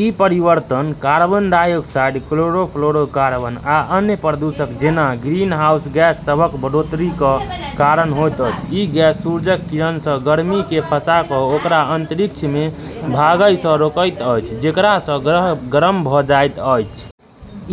ई परिवर्तन carbon dioxide, chlorofluorocarbon, आ अन्य प्रदूषक जेना ग्रीनहाउस गैस सभक बढ़ोत्तरीक कारण होइत अछि। ई गैस सूर्यक किरण सँ गर्मिकेँ फँसा कऽ ओकरा अंतरिक्षमे भागए सँ रोकैत अछि, जेकरा सँ ग्रह गरम भऽ जाइत अछि।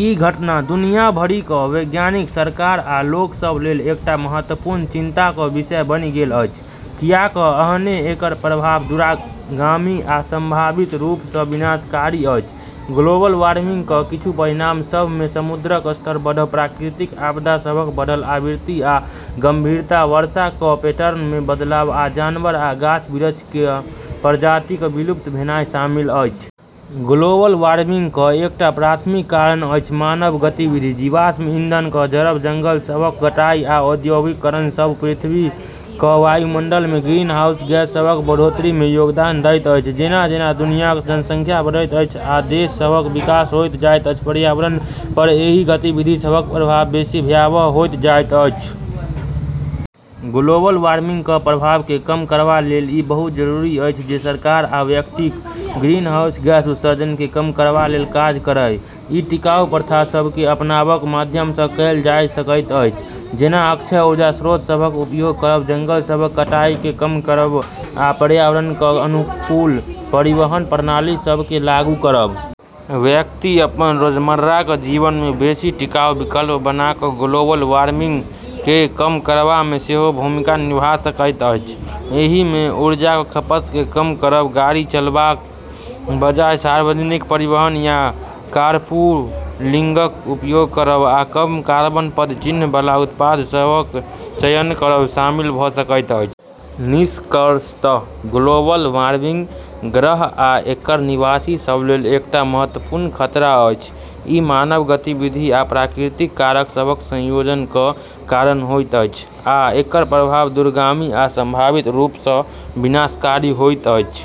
ई घटना दुनिया भरि क वैज्ञानिक, सरकार आ लोक सभ लेल एकटा महत्वपूर्ण चिंताक विषय बनि गेल अछि, कियाकअहने एकर प्रभाव दूरगामी आ संभावित रूप सँ विनाशकारी अछि। ग्लोबल वार्मिंगक किछु परिणाम सभ मे समुद्रक स्तर बढ़ब, प्राकृतिक आपदा सभक बढ़ल आवृत्ति आ गंभीरता, वर्षा क पैटर्न मे बदलाव, आ जानवर आ गाछ-बिरछ क प्रजातिक विलुप्त भेनाइ शामिल अछि। ग्लोबल वार्मिंगक एकटा प्राथमिक कारण अछि मानव गतिविधि। जीवाश्म ईंधनक जरब, जंगल सभक कटाइ, आ औद्योगीकरण सभ पृथ्वीक वायुमंडल मे ग्रीनहाउस गैस सभक बढ़ोत्तरी मे योगदान दैत अछि। जेना-जेना दुनियाक जनसंख्या बढ़ैत अछि आ देश सभक विकास होइत जाइत अछि, पर्यावरण पर एहि गतिविधि सभक प्रभाव बेसी भयावह होइत जाइत अछि। ग्लोबल वार्मिंगक प्रभाव केँ कम करबा लेल ई बहुत जरूरी अछि जे सरकार आ व्यक्ति ग्रीनहाउस गैस उत्सर्जन केँ कम करबा लेल काज करए। ई टिकाऊ प्रथा सभ केँ अपनाबाक माध्यम सँ कएल जा सकैत अछि, जेना अक्षय ऊर्जा स्रोत सभक उपयोग करब, जंगल सभक कटाइ केँ कम करब, आ पर्यावरणक अनुकूल परिवहन प्रणाली सभ केँ लागू करब। व्यक्ति अपन रोजमर्राक जीवन मे बेसी टिकाऊ विकल्प बना कऽ ग्लोबल वार्मिंग केँ कम करबामे सेहो भूमिका निभा सकैत अछि। एहि मे ऊर्जाक खपत केँ कम करब, गाड़ी चलाबाक बजाय सार्वजनिक परिवहन या कारपूलिंगक उपयोग करब, आ कम कार्बन पदचिह्न बला उत्पाद सभक चयन करब शामिल भऽ सकैत अछि। निष्कर्षतः ग्लोबल वार्मिंग ग्रह आ एकर निवासी सभ लेल एकटा महत्वपूर्ण खतरा अछि। ई मानव गतिविधि आ प्राकृतिक कारक सभक संयोजनक कारण होइत अछि, आ एकर प्रभाव दूरगामी आ संभावित रूप सँ विनाशकारी होइत अछि।